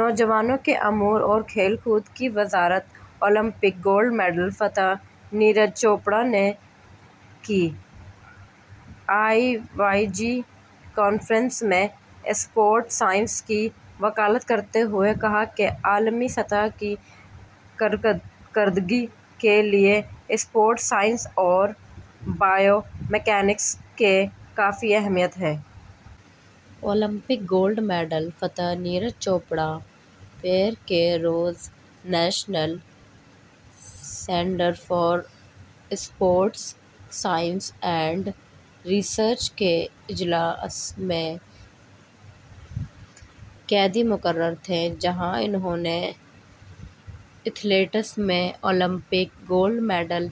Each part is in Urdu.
نوجوانوں کے امور اور کھیل کود کی وزارت۔ اولمپک گولڈ میڈل فاتح نیرج چوپڑا نے K I Y G conference میں اسپورٹس سائنس کی وکالت کرتے ہوئے کہا کہ عالمی سطح کی کارکردگی کے لیے اسپورٹس سائنس اور بائیو میکینکس کی کافی اہمیت ہے۔ اولمپک گولڈ میڈل فاتح نیرج چوپڑا پیر کے روز national centre for sports science and research کے اجلاس میں کلیدی مقرر تھے، جہاں انہوں نے ایتھلیٹس میں اولمپک گولڈ میڈل،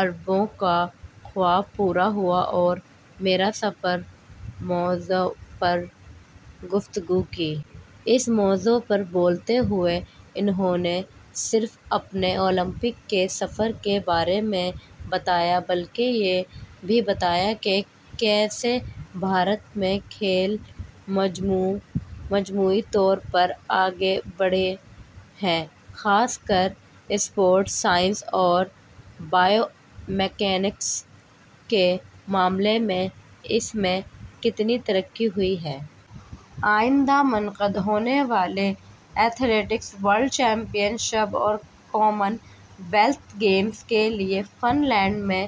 اربوں کا خواب پورا ہوا اور میرا سفر، موضوع پر گفتگو کی۔ اس موضوع پر بولتے ہوئے انہوں نے نہ صرف اپنے اولمپک کے سفر کے بارے میں بتایا، بلکہ یہ بھی بتایا کہ کیسے بھارت میں کھیل مجموعی طور پر آگے بڑھے ہیں، خاص کر اسپورٹس سائنس اور بائیو میکینکس کے معاملے میں اس میں کتنی ترقی ہوئی ہے۔ آئندہ منعقد ہونے والی ایتھلیٹکس ورلڈ چیمپئن شپ اور کامن ویلتھ گیمز کے لیے فن لینڈ میں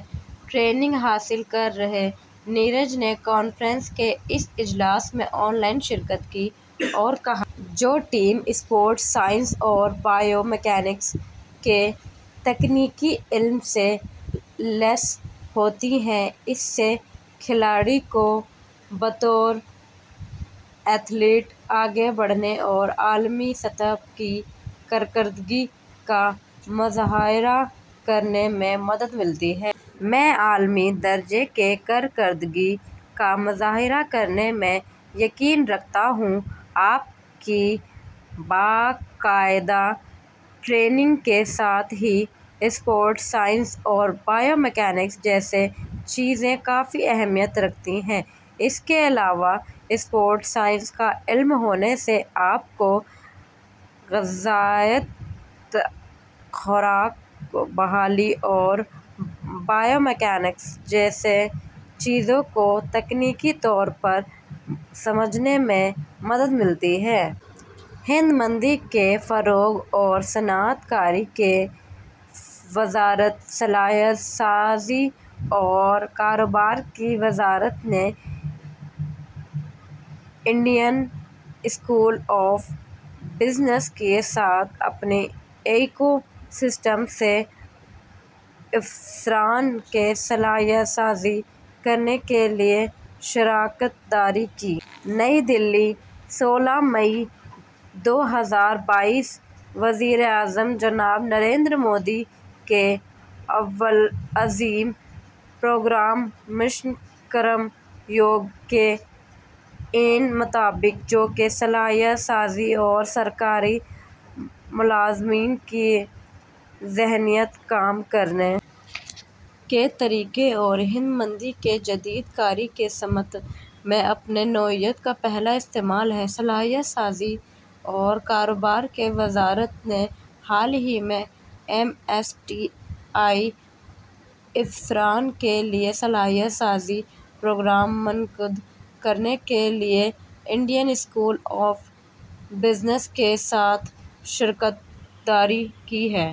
ٹریننگ حاصل کر رہے نیرج نے کانفرنس کے اس اجلاس میں آن لائن شرکت کی اور کہا کہ جو ٹیم اسپورٹس سائنس اور بائیو میکینکس کے تکنیکی علم سے لیس ہوتی ہے، اس سے کھلاڑی کو بطور ایتھلیٹ آگے بڑھنے اور عالمی سطح کی کارکردگی کا مظاہرہ کرنے میں مدد ملتی ہے۔ میں عالمی درجے کی کارکردگی کا مظاہرہ کرنے میں یقین رکھتا ہوں، آپ کی باقاعدہ ٹریننگ کے ساتھ ہی اسپورٹس سائنس اور بائیو میکینکس جیسی چیزیں کافی اہمیت رکھتی ہیں۔ اس کے علاوہ، اسپورٹس سائنس کا علم ہونے سے آپ کو غذائیت، خوراک، بحالی اور بائیو میکینکس جیسی چیزوں کو تکنیکی طور پر سمجھنے میں مدد ملتی ہے۔ ہنرمندی کے فروغ اور صنعت کاری کی وزارت۔ صلاحیت سازی اور کاروبار کی وزارت نے انڈین اسکول آف بزنس کے ساتھ اپنے ایکو سسٹم سے افسران کی صلاحیت سازی کرنے کے لیے شراکت داری کی۔ نئی دہلی، سولہ مئی دو ہزار بائیس۔ وزیر اعظم جناب نریندر مودی کے اول العزم پروگرام مشن کرم یوگی کے عین مطابق، جو کہ صلاحیت سازی اور سرکاری ملازمین کی ذہنیت، کام کرنے کے طریقے اور ہنرمندی کی جدید کاری کی سمت میں اپنی نوعیت کا پہلا استعمال ہے، صلاحیت سازی اور کاروبار کی وزارت نے حال ہی میں ایم ایس ڈی ای افسران کے لیے صلاحیت سازی پروگرام منعقد کرنے کے لیے انڈین اسکول آف بزنس کے ساتھ شراکت داری کی ہے۔